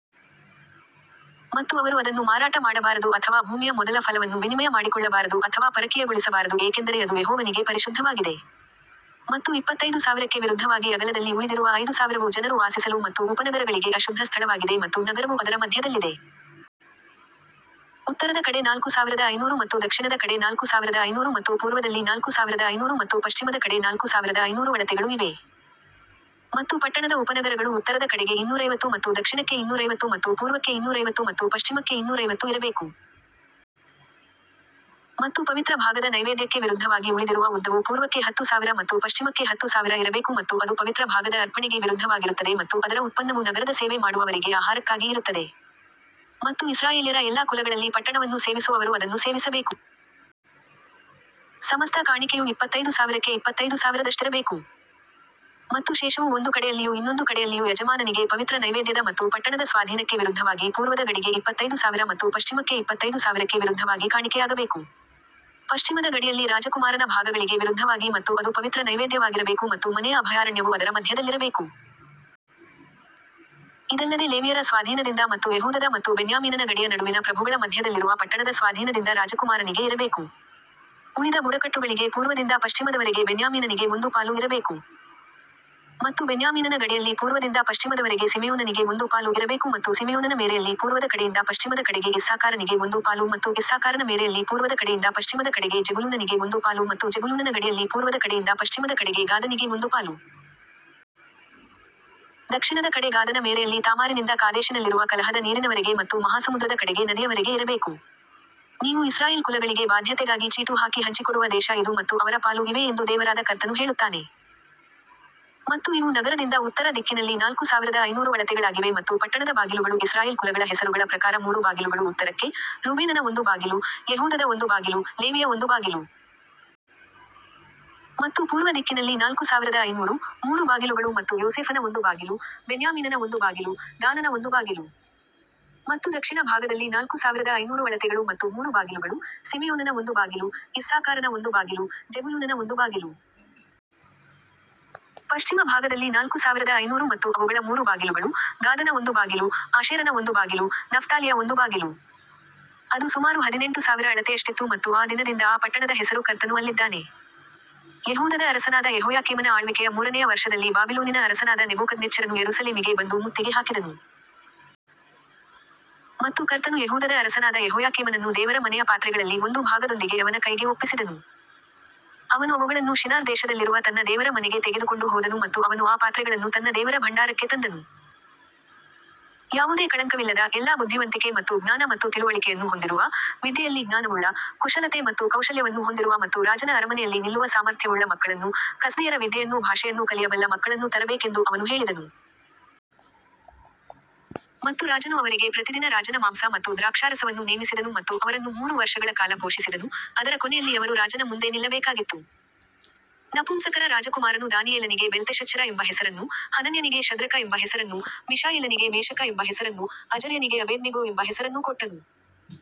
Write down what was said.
ಮತ್ತು ಅವರು ಅದನ್ನು ಮಾರಾಟ ಮಾಡಬಾರದು ಅಥವಾ ಭೂಮಿಯ ಮೊದಲ ಫಲವನ್ನು ವಿನಿಮಯ ಮಾಡಿಕೊಳ್ಳಬಾರದು ಅಥವಾ ಪರಕೀಯಗೊಳಿಸಬಾರದು ಏಕೆಂದರೆ ಅದು ಯೆಹೋವನಿಗೆ ಪರಿಶುದ್ಧವಾಗಿದೆ. ಮತ್ತು ಇಪ್ಪತ್ತೈದು ಸಾವಿರಕ್ಕೆ ವಿರುದ್ಧವಾಗಿ ಅಗಲದಲ್ಲಿ ಉಳಿದಿರುವ ಐದು ಸಾವಿರವು ಜನರು ವಾಸಿಸಲು ಮತ್ತು ಉಪನಗರಗಳಿಗೆ ಅಶುದ್ಧ ಸ್ಥಳವಾಗಿದೆ ಮತ್ತು ನಗರವು ಅದರ ಮಧ್ಯದಲ್ಲಿದೆ. ಉತ್ತರದ ಕಡೆ ನಾಲ್ಕು ಸಾವಿರದ ಐನೂರು ಮತ್ತು ದಕ್ಷಿಣದ ಕಡೆ ನಾಲ್ಕು ಸಾವಿರದ ಐನೂರು ಮತ್ತು ಪೂರ್ವದಲ್ಲಿ ನಾಲ್ಕು ಸಾವಿರದ ಐನೂರು ಮತ್ತು ಪಶ್ಚಿಮದ ಕಡೆ ನಾಲ್ಕು ಸಾವಿರದ ಐನೂರು ಅಳತೆಗಳು ಇವೇ. ಮತ್ತು ಪಟ್ಟಣದ ಉಪನಗರಗಳು ಉತ್ತರದ ಕಡೆಗೆ ಇನ್ನೂರೈವತ್ತು ಮತ್ತು ದಕ್ಷಿಣಕ್ಕೆ ಇನ್ನೂರೈವತ್ತು ಮತ್ತು ಪೂರ್ವಕ್ಕೆ ಇನ್ನೂರೈವತ್ತು ಮತ್ತು ಪಶ್ಚಿಮಕ್ಕೆ ಇನ್ನೂರೈವತ್ತು ಇರಬೇಕು. ಮತ್ತು ಪವಿತ್ರ ಭಾಗದ ನೈವೇದ್ಯಕ್ಕೆ ವಿರುದ್ಧವಾಗಿ ಉಳಿದಿರುವ ಉದ್ದವು ಪೂರ್ವಕ್ಕೆ ಹತ್ತು ಸಾವಿರ ಮತ್ತು ಪಶ್ಚಿಮಕ್ಕೆ ಹತ್ತು ಸಾವಿರ ಇರಬೇಕು ಮತ್ತು ಅದು ಪವಿತ್ರ ಭಾಗದ ಅರ್ಪಣೆಗೆ ವಿರುದ್ಧವಾಗಿರುತ್ತದೆ ಮತ್ತು ಅದರ ಉತ್ಪನ್ನವು ನಗರದ ಸೇವೆ ಮಾಡುವವರಿಗೆ ಆಹಾರಕ್ಕಾಗಿ ಇರುತ್ತದೆ. ಮತ್ತು ಇಸ್ರಾಯೇಲ್ಯರ ಎಲ್ಲಾ ಕುಲಗಳಲ್ಲಿ ಪಟ್ಟಣವನ್ನು ಸೇವಿಸುವವರು ಅದನ್ನು ಸೇವಿಸಬೇಕು. ಸಮಸ್ತ ಕಾಣಿಕೆಯು ಇಪ್ಪತ್ತೈದು ಸಾವಿರಕ್ಕೆ ಇಪ್ಪತ್ತೈದು ಸಾವಿರದಷ್ಟಿರಬೇಕು. ಮತ್ತು ಶೇಷವು ಒಂದು ಕಡೆಯಲ್ಲಿಯೂ ಇನ್ನೊಂದು ಕಡೆಯಲ್ಲಿಯೂ ಯಜಮಾನನಿಗೆ ಪವಿತ್ರ ನೈವೇದ್ಯದ ಮತ್ತು ಪಟ್ಟಣದ ಸ್ವಾಧೀನಕ್ಕೆ ವಿರುದ್ಧವಾಗಿ ಪೂರ್ವದ ಗಡಿಗೆ ಇಪ್ಪತ್ತೈದು ಸಾವಿರ ಮತ್ತು ಪಶ್ಚಿಮಕ್ಕೆ ಇಪ್ಪತ್ತೈದು ಸಾವಿರಕ್ಕೆ ವಿರುದ್ಧವಾಗಿ ಕಾಣಿಕೆಯಾಗಬೇಕು. ಪಶ್ಚಿಮದ ಗಡಿಯಲ್ಲಿ ರಾಜಕುಮಾರನ ಭಾಗಗಳಿಗೆ ವಿರುದ್ಧವಾಗಿ ಮತ್ತು ಅದು ಪವಿತ್ರ ನೈವೇದ್ಯವಾಗಿರಬೇಕು ಮತ್ತು ಮನೆಯ ಅಭಯಾರಣ್ಯವು ಅದರ ಮಧ್ಯದಲ್ಲಿರಬೇಕು. ಇದಲ್ಲದೆ ಲೇವಿಯರ ಸ್ವಾಧೀನದಿಂದ ಮತ್ತು ಯೆಹೂದದ ಮತ್ತು ಬೆನ್ಯಾಮೀನನ ಗಡಿಯ ನಡುವಿನ ಪ್ರಭುಗಳ ಮಧ್ಯದಲ್ಲಿರುವ ಪಟ್ಟಣದ ಸ್ವಾಧೀನದಿಂದ ರಾಜಕುಮಾರನಿಗೆ ಇರಬೇಕು. ಉಳಿದ ಬುಡಕಟ್ಟುಗಳಿಗೆ ಪೂರ್ವದಿಂದ ಪಶ್ಚಿಮದವರೆಗೆ ಬೆನ್ಯಾಮೀನನಿಗೆ ಒಂದು ಪಾಲು ಇರಬೇಕು. ಮತ್ತು ಬೆನ್ಯಾಮೀನನ ಗಡಿಯಲ್ಲಿ ಪೂರ್ವದಿಂದ ಪಶ್ಚಿಮದವರೆಗೆ ಸಿಮೆಯೋನನಿಗೆ ಒಂದು ಪಾಲು ಇರಬೇಕು ಮತ್ತು ಸಿಮೆಯೋನನ ಮೇರೆಯಲ್ಲಿ ಪೂರ್ವದ ಕಡೆಯಿಂದ ಪಶ್ಚಿಮದ ಕಡೆಗೆ ಇಸ್ಸಾಕಾರನಿಗೆ ಒಂದು ಪಾಲು ಮತ್ತು ಇಸ್ಸಾಕಾರನ ಮೇರೆಯಲ್ಲಿ ಪೂರ್ವದ ಕಡೆಯಿಂದ ಪಶ್ಚಿಮದ ಕಡೆಗೆ ಜೆಬುಲೂನನಿಗೆ ಒಂದು ಪಾಲು ಮತ್ತು ಜೆಬುಲೂನನ ಗಡಿಯಲ್ಲಿ ಪೂರ್ವದ ಕಡೆಯಿಂದ ಪಶ್ಚಿಮದ ಕಡೆಗೆ ಗಾದನಿಗೆ ಒಂದು ಪಾಲು. ದಕ್ಷಿಣದ ಕಡೆ ಗಾದನ ಮೇರೆಯಲ್ಲಿ ತಾಮಾರಿನಿಂದ ಕಾದೇಶಿನಲ್ಲಿರುವ ಕಲಹದ ನೀರಿನವರೆಗೆ ಮತ್ತು ಮಹಾಸಮುದ್ರದ ಕಡೆಗೆ ನದಿಯವರೆಗೆ ಇರಬೇಕು. ನೀವು ಇಸ್ರಾಯೇಲ್ ಕುಲಗಳಿಗೆ ಬಾಧ್ಯತೆಗಾಗಿ ಚೀಟು ಹಾಕಿ ಹಂಚಿಕೊಡುವ ದೇಶ ಇದು ಮತ್ತು ಅವರ ಪಾಲು ಇವೇ ಎಂದು ದೇವರಾದ ಕರ್ತನು ಹೇಳುತ್ತಾನೆ. ಮತ್ತು ಇವು ನಗರದಿಂದ ಉತ್ತರ ದಿಕ್ಕಿನಲ್ಲಿ ನಾಲ್ಕು ಸಾವಿರದ ಐನೂರು ಅಳತೆಗಳಾಗಿವೆ ಮತ್ತು ಪಟ್ಟಣದ ಬಾಗಿಲುಗಳು ಇಸ್ರಾಯೇಲ್ ಕುಲಗಳ ಹೆಸರುಗಳ ಪ್ರಕಾರ ಮೂರು ಬಾಗಿಲುಗಳು ಉತ್ತರಕ್ಕೆ, ರೂಬೇನನ ಒಂದು ಬಾಗಿಲು, ಯೆಹೂದದ ಒಂದು ಬಾಗಿಲು, ಲೇವಿಯ ಒಂದು ಬಾಗಿಲು. ಮತ್ತು ಪೂರ್ವ ದಿಕ್ಕಿನಲ್ಲಿ ನಾಲ್ಕು ಸಾವಿರದ ಐನೂರು, ಮೂರು ಬಾಗಿಲುಗಳು ಮತ್ತು ಯೋಸೇಫನ ಒಂದು ಬಾಗಿಲು, ಬೆನ್ಯಾಮೀನನ ಒಂದು ಬಾಗಿಲು, ದಾನನ ಒಂದು ಬಾಗಿಲು. ಮತ್ತು ದಕ್ಷಿಣ ಭಾಗದಲ್ಲಿ ನಾಲ್ಕು ಸಾವಿರದ ಐನೂರು ಅಳತೆಗಳು ಮತ್ತು ಮೂರು ಬಾಗಿಲುಗಳು, ಸಿಮೆಯೋನನ ಒಂದು ಬಾಗಿಲು, ಇಸ್ಸಾಕಾರನ ಒಂದು ಬಾಗಿಲು, ಜೆಬುಲೂನನ ಒಂದು ಬಾಗಿಲು. ಪಶ್ಚಿಮ ಭಾಗದಲ್ಲಿ ನಾಲ್ಕು ಸಾವಿರದ ಐನೂರು ಮತ್ತು ಅವುಗಳ ಮೂರು ಬಾಗಿಲುಗಳು, ಗಾದನ ಒಂದು ಬಾಗಿಲು, ಆಶೇರನ ಒಂದು ಬಾಗಿಲು, ನಫ್ತಾಲಿಯ ಒಂದು ಬಾಗಿಲು. ಅದು ಸುಮಾರು ಹದಿನೆಂಟು ಸಾವಿರ ಅಳತೆಯಷ್ಟಿತ್ತು ಮತ್ತು ಆ ದಿನದಿಂದ ಆ ಪಟ್ಟಣದ ಹೆಸರು ಕರ್ತನು ಅಲ್ಲಿದ್ದಾನೆ. ಯೆಹೂದದ ಅರಸನಾದ ಯೆಹೋಯಾಕೀಮನ ಆಳ್ವಿಕೆಯ ಮೂರನೆಯ ವರ್ಷದಲ್ಲಿ ಬಾಬಿಲೋನಿನ ಅರಸನಾದ ನೆಬೂಕದ್ನೆಚ್ಚರನು ಯೆರೂಸಲೇಮಿಗೆ ಬಂದು ಮುತ್ತಿಗೆ ಹಾಕಿದನು. ಮತ್ತು ಕರ್ತನು ಯೆಹೂದದ ಅರಸನಾದ ಯೆಹೋಯಾಕೀಮನನ್ನು ದೇವರ ಮನೆಯ ಪಾತ್ರೆಗಳಲ್ಲಿ ಒಂದು ಭಾಗದೊಂದಿಗೆ ಅವನ ಕೈಗೆ ಒಪ್ಪಿಸಿದನು. ಅವನು ಅವುಗಳನ್ನು ಶಿನಾರ್ ದೇಶದಲ್ಲಿರುವ ತನ್ನ ದೇವರ ಮನೆಗೆ ತೆಗೆದುಕೊಂಡು ಹೋದನು ಮತ್ತು ಅವನು ಆ ಪಾತ್ರೆಗಳನ್ನು ತನ್ನ ದೇವರ ಭಂಡಾರಕ್ಕೆ ತಂದನು. ಯಾವುದೇ ಕಳಂಕವಿಲ್ಲದ, ಎಲ್ಲಾ ಬುದ್ಧಿವಂತಿಕೆ ಮತ್ತು ಜ್ಞಾನ ಮತ್ತು ತಿಳುವಳಿಕೆಯನ್ನು ಹೊಂದಿರುವ, ವಿದ್ಯೆಯಲ್ಲಿ ಜ್ಞಾನವುಳ್ಳ, ಕುಶಲತೆ ಮತ್ತು ಕೌಶಲ್ಯವನ್ನು ಹೊಂದಿರುವ ಮತ್ತು ರಾಜನ ಅರಮನೆಯಲ್ಲಿ ನಿಲ್ಲುವ ಸಾಮರ್ಥ್ಯವುಳ್ಳ ಮಕ್ಕಳನ್ನು, ಕಸ್ದೀಯರ ವಿದ್ಯೆಯನ್ನೂ ಭಾಷೆಯನ್ನೂ ಕಲಿಯಬಲ್ಲ ಮಕ್ಕಳನ್ನು ತರಬೇಕೆಂದು ಅವನು ಹೇಳಿದನು. ಮತ್ತು ರಾಜನು ಅವರಿಗೆ ಪ್ರತಿದಿನ ರಾಜನ ಮಾಂಸ ಮತ್ತು ದ್ರಾಕ್ಷಾರಸವನ್ನು ನೇಮಿಸಿದನು ಮತ್ತು ಅವರನ್ನು ಮೂರು ವರ್ಷಗಳ ಕಾಲ ಪೋಷಿಸಿದನು, ಅದರ ಕೊನೆಯಲ್ಲಿ ಅವರು ರಾಜನ ಮುಂದೆ ನಿಲ್ಲಬೇಕಾಗಿತ್ತು. ನಪುಂಸಕರ ರಾಜಕುಮಾರನು ದಾನಿಯೇಲನಿಗೆ ಬೆಲ್ತೆಶಚ್ಚರ ಎಂಬ ಹೆಸರನ್ನೂ, ಹನನ್ಯನಿಗೆ ಶದ್ರಕ ಎಂಬ ಹೆಸರನ್ನೂ, ಮಿಶಾಯೇಲನಿಗೆ ಮೇಷಕ ಎಂಬ ಹೆಸರನ್ನೂ, ಅಜರ್ಯನಿಗೆ ಅಬೇದ್ನೆಗೋ ಎಂಬ ಹೆಸರನ್ನೂ ಕೊಟ್ಟನು.